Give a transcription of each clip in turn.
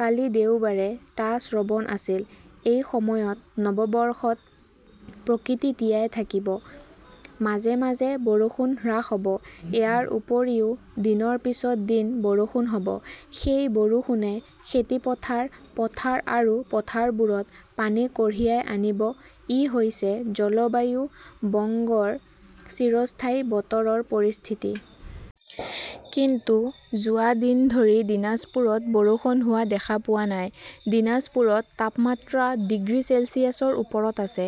কালি দেওবাৰে টা শ্ৰৱণ আছিল। এই সময়ত নৱবৰ্ষত প্ৰকৃতি তিয়াই থাকিব। মাজে মাজে বৰষুণ হ্ৰাস হ "ব। ইয়াৰ উপৰিও দিনৰ পিছত দিন বৰষুণ হ "ব। সেই বৰষুণে খেতি পথাৰ, পথাৰ আৰু পথাৰবোৰত পানী কঢ়িয়াই আনিব-ই হৈছে জলবায়ু বংগৰ চিৰস্থায়ী বতৰৰ পৰিস্থিতি। কিন্তু যোৱা দিন ধৰি দিনাজপুৰত বৰষুণ হোৱা দেখা পোৱা নাই। দিনাজপুৰত তাপমাত্ৰা ডিগ্ৰী চেলছিয়াছৰ ওপৰত আছে।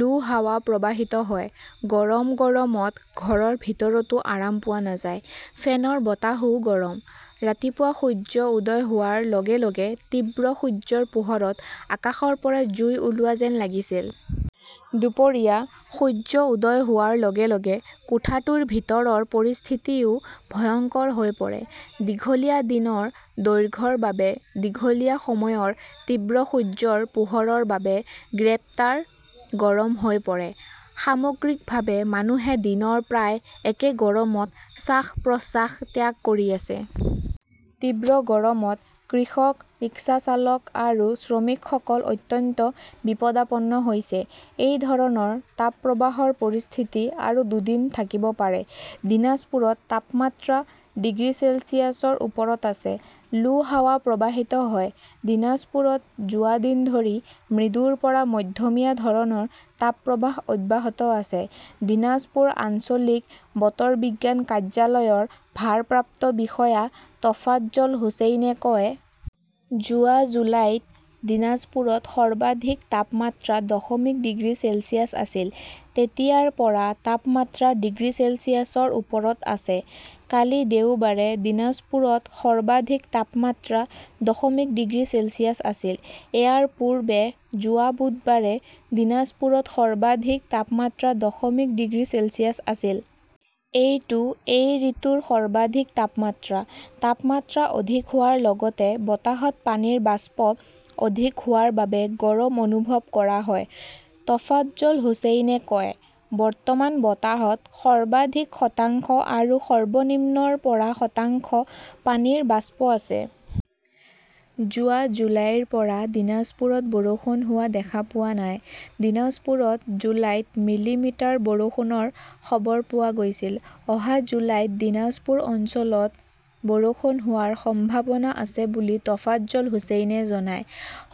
লু হাৱা প্ৰবাহিত হয়। গৰম গৰমত ঘৰৰ ভিতৰতো আৰাম পোৱা নাযায়। ফেনৰ বতাহও গৰম। ৰাতিপুৱা সূৰ্য উদয় হোৱাৰ লগে লগে তীব্ৰ সূৰ্যৰ পোহৰত আকাশৰ পৰা জুই ওলোৱা যেন লাগিছিল। দুপৰীয়া সূৰ্য উদয় হোৱাৰ লগে লগে কোঠাটোৰ ভিতৰৰ পৰিস্থিতিও ভয়ংকৰ হৈ পৰে। দীঘলীয়া দিনৰ দৈৰ্ঘ্যৰ বাবে, দীঘলীয়া সময়ৰ তীব্ৰ সূৰ্যৰ পোহৰৰ বাবে গ্ৰেপ্তাৰ গৰম হৈ পৰে। সামগ্ৰিকভাৱে মানুহে দিনৰ প্ৰায় একে গৰমত শ্বাস-প্ৰশ্বাস ত্যাগ কৰি আছে। তীব্ৰ গৰমত কৃষক, ৰিক্সা চালক আৰু শ্ৰমিকসকল অত্যন্ত বিপদাপন্ন হৈছে। এই ধৰণৰ তাপপ্ৰবাহৰ পৰিস্থিতি আৰু দুদিন থাকিব পাৰে। দিনাজপুৰত তাপমাত্ৰা ডিগ্ৰী চেলছিয়াছৰ ওপৰত আছে। লু হাৱা প্ৰবাহিত হয়। দীনাজপুৰত যোৱা দিন ধৰি মৃদুৰ পৰা মধ্যমীয়া ধৰণৰ তাপপ্ৰবাহ অব্যাহত আছে ", দীনাজপুৰ আঞ্চলিক বতৰ বিজ্ঞান কাৰ্যালয়ৰ ভাৰপ্ৰাপ্ত বিষয়া টফাজ্জল হুচেইনে কয়। যোৱা জুলাইত দিনাজপুৰত সৰ্বাধিক তাপমাত্ৰা দশমিক ডিগ্ৰী চেলছিয়াছ আছিল। তেতিয়াৰ পৰা তাপমাত্ৰা ডিগ্ৰী চেলছিয়াছৰ ওপৰত আছে। কালি দেওবাৰে দিনাজপুৰত সৰ্বাধিক তাপমাত্ৰা দশমিক ডিগ্ৰী চেলছিয়াছ আছিল। ইয়াৰ পূৰ্বে যোৱা বুধবাৰে দিনাজপুৰত সৰ্বাধিক তাপমাত্ৰা দশমিক ডিগ্ৰী চেলছিয়াছ আছিল। এইটো এই ঋতুৰ সৰ্বাধিক তাপমাত্ৰা। তাপমাত্ৰা অধিক হোৱাৰ লগতে বতাহত পানীৰ বাষ্প অধিক হোৱাৰ বাবে গৰম অনুভৱ কৰা হয় ", টফাজ্জল হুচেইনে কয়। বৰ্তমান বতাহত সৰ্বাধিক শতাংশ আৰু সৰ্বনিম্ন ৰ পৰা শতাংশ পানীৰ বাষ্প আছে। যোৱা জুলাইৰ পৰা দিনাজপুৰত বৰষুণ হোৱা দেখা পোৱা নাই। দিনাজপুৰত জুলাইত মিলিমিটাৰ বৰষুণৰ খবৰ পোৱা গৈছিল। অহা জুলাইত দিনাজপুৰ অঞ্চলত বৰষুণ হোৱাৰ সম্ভাৱনা আছে বুলি টফাজ্জল হুচেইনে জনায়।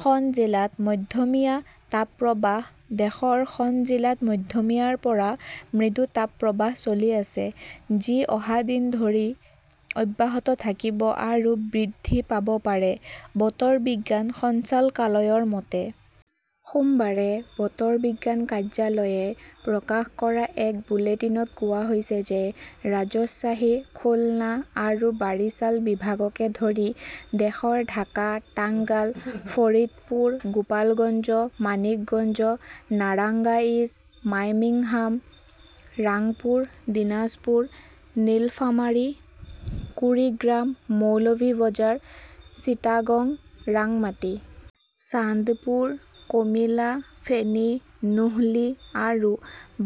খন জিলাত মধ্যমীয়া তাপপ্ৰবাহ দেশৰ খন জিলাত মধ্যমীয়াৰ পৰা মৃদু তাপপ্ৰবাহ চলি আছে, যি অহা তিনি দিন ধৰি অব্যাহত থাকিব আৰু বৃদ্ধি পাব পাৰে, বতৰ বিজ্ঞান সঞ্চালকালয়ৰ মতে। সোমবাৰে বতৰ বিজ্ঞান কাৰ্যালয়ে প্ৰকাশ কৰা এক বুলেটিনত কোৱা হৈছে যে ৰাজশ্বাহী, খুলনা আৰু বাৰিছাল বিভাগকে ধৰি দেশৰ ঢাকা, টাঙ্গাল, ফৰিদপুৰ, গোপালগঞ্জ, মাণিকগঞ্জ, নাৰাঙ্গাইজ, মাইমিংহাম, ৰাংপুৰ, দিনাজপুৰ, নীলফামাৰী, কুৰিগ্ৰাম, মৌলভি বজাৰ, চিটাগং, ৰাংমাটী, চান্দপুৰ, কমিলা, ফেনী, নোহলী আৰু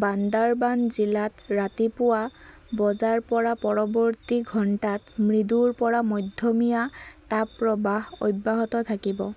বান্দাৰবান জিলাত ৰাতিপুৱা বজাৰ পৰা পৰৱৰ্তী ঘণ্টাত মৃদুৰ পৰা মধ্যমীয়া তাপপ্ৰবাহ অব্যাহত থাকিব